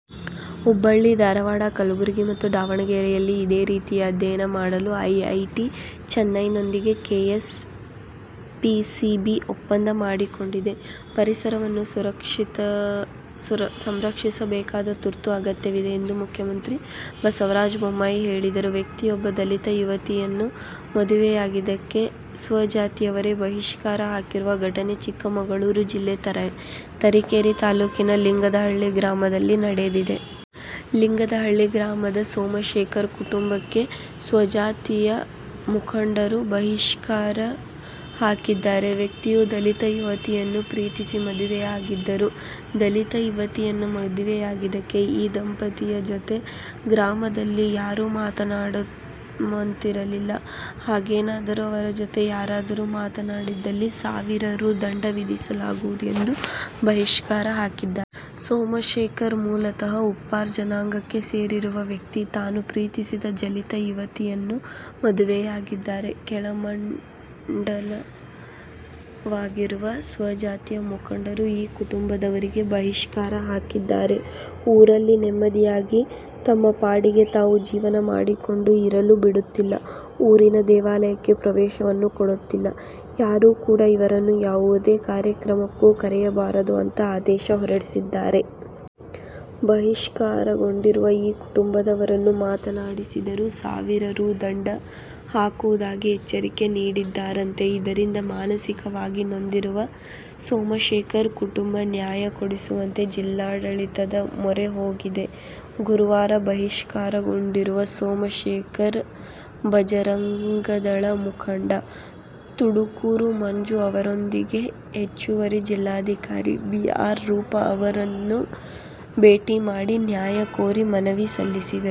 ಹುಬ್ಬಳ್ಳಿ- ಧಾರವಾಡ, ಕಲಬುರಗಿ ಮತ್ತು ದಾವಣಗೆರೆಯಲ್ಲಿ ಇದೇ ರೀತಿಯ ಅಧ್ಯಯನ ಮಾಡಲು ಐಐಟಿ-ಚೆನ್ನೈನೊಂದಿಗೆ ಕೆಎಸ್ ಪಿಸಿಬಿ ಒಪ್ಪಂದ ಮಾಡಿಕೊಂಡಿದೆ. ಪರಿಸರವನ್ನು ಸಂರಕ್ಷಿಸಬೇಕಾದ ತುರ್ತು ಅಗತ್ಯವಿದೆ ಎಂದು ಮುಖ್ಯಮಂತ್ರಿ ಬಸವರಾಜ ಬೊಮ್ಮಾಯಿ ಹೇಳಿದರು. ವ್ಯಕ್ತಿಯೊಬ್ಬರು ದಲಿತ ಯುವತಿಯನ್ನು ಮದುವೆಯಾಗಿದ್ದಕ್ಕೆ ಸ್ವಜಾತಿಯವರೇ ಬಹಿಷ್ಕಾರ ಹಾಕಿರುವ ಘಟನೆ ಚಿಕ್ಕಮಗಳೂರು ಜಿಲ್ಲೆ ತರೀಕೆರೆ ತಾಲೂಕಿನ ಲಿಂಗದಹಳ್ಳಿ ಗ್ರಾಮದಲ್ಲಿ ನಡೆದಿದೆ. ಲಿಂಗದಹಳ್ಳಿ ಗ್ರಾಮದ ಸೋಮಶೇಖರ್ ಕುಟುಂಬಕ್ಕೆ ಸ್ವಜಾತಿ ಮುಖಂಡರು ಬಹಿಷ್ಕಾರ ಹಾಕಿದ್ದಾರೆ. ವ್ಯಕ್ತಿಯು ದಲಿತ ಯುವತಿಯನ್ನು ಪ್ರೀತಿಸಿ ಮದುವೆಯಾಗಿದ್ದರು. ದಲಿತ ಯುವತಿಯನ್ನು ಮದುವೆಯಾಗಿದಕ್ಕೆ ಈ ದಂಪತಿಯ ಜೊತೆ ಗ್ರಾಮದಲ್ಲಿ ಯಾರು ಮಾತನಾಡುವಂತಿರಲಿಲ್ಲ. ಹಾಗೇನಾದರೂ ಅವರ ಜೊತೆ ಯಾರಾದರೂ ಮಾತನಾಡಿದ್ದಲ್ಲಿ ಸಾವಿರ ರೂ. ದಂಡ ವಿಧಿಸಲಾಗುವುದು ಎಂದು ಬಹಿಷ್ಕಾರ ಹಾಕಿದ್ದಾರೆ. ಸೋಮಶೇಖರ್, ಮೂಲತಃ ಉಪ್ಪಾರ ಜನಾಂಗಕ್ಕೆ ಸೇರಿರುವ ವ್ಯಕ್ತಿ. ತಾನು ಪ್ರೀತಿಸಿದ ದಲಿತ ಯುವತಿಯನ್ನು ಮದುವೆಯಾಗಿದ್ದಾರೆ. ಕೆಂಡಮಂಡಲವಾಗಿರುವ ಸ್ವಜಾತಿಯ ಮುಖಂಡರು ಈ ಕುಟುಂಬದವರಿಗೆ ಬಹಿಷ್ಕಾರ ಹಾಕಿದ್ದಾರೆ. ಊರಲ್ಲಿ ನೆಮ್ಮದಿಯಾಗಿ ತಮ್ಮ ಪಾಡಿಗೆ ತಾವು ಜೀವನ ಮಾಡಿಕೊಂಡು ಇರಲು ಬಿಡುತ್ತಿಲ್ಲ. ಊರಿನ ದೇವಾಲಯಕ್ಕೆ ಪ್ರವೇಶವನ್ನು ಕೊಡುತ್ತಿಲ್ಲ. ಯಾರೂ ಕೂಡ ಇವರನ್ನು ಯಾವುದೇ ಕಾರ್ಯಕ್ರಮಕ್ಕೂ ಕರೆಯಬಾರದು ಅಂತಾ ಆದೇಶ ಹೊರಡಿಸಿದ್ದಾರೆ. ಬಹಿಷ್ಕಾರಗೊಂಡಿರುವ ಈ ಕುಟುಂಬದವರನ್ನು ಮಾತನಾಡಿಸಿದರೂ ಸಾವಿರ ರೂ. ದಂಡ ಹಾಕುವುದಾಗಿ ಎಚ್ಚರಿಕೆ ನೀಡಿದ್ದಾರಂತೆ. ಇದರಿಂದ ಮಾನಸಿಕವಾಗಿ ನೊಂದಿರುವ ಸೋಮಶೇಖರ್ ಕುಟುಂಬ, ನ್ಯಾಯ ಕೊಡಿಸುವಂತೆ ಜಿಲ್ಲಾಡಳಿತದ ಮೊರೆ ಹೋಗಿದೆ. ಗುರುವಾರ ಬಹಿಷ್ಕಾರಗೊಂಡಿರುವ ಸೋಮಶೇಖರ್, ಬಜರಂಗದಳ ಮುಖಂಡ ತುಡುಕೂರು ಮಂಜು ಅವರೊಂದಿಗೆ ಹೆಚ್ಚುವರಿ ಜಿಲ್ಲಾಧಿಕಾರಿ ಬಿ. ಆರ್. ರೂಪ ಅವರನ್ನು ಭೇಟಿ ಮಾಡಿ ನ್ಯಾಯ ಕೋರಿ ಮನವಿ ಸಲ್ಲಿಸಿದರು.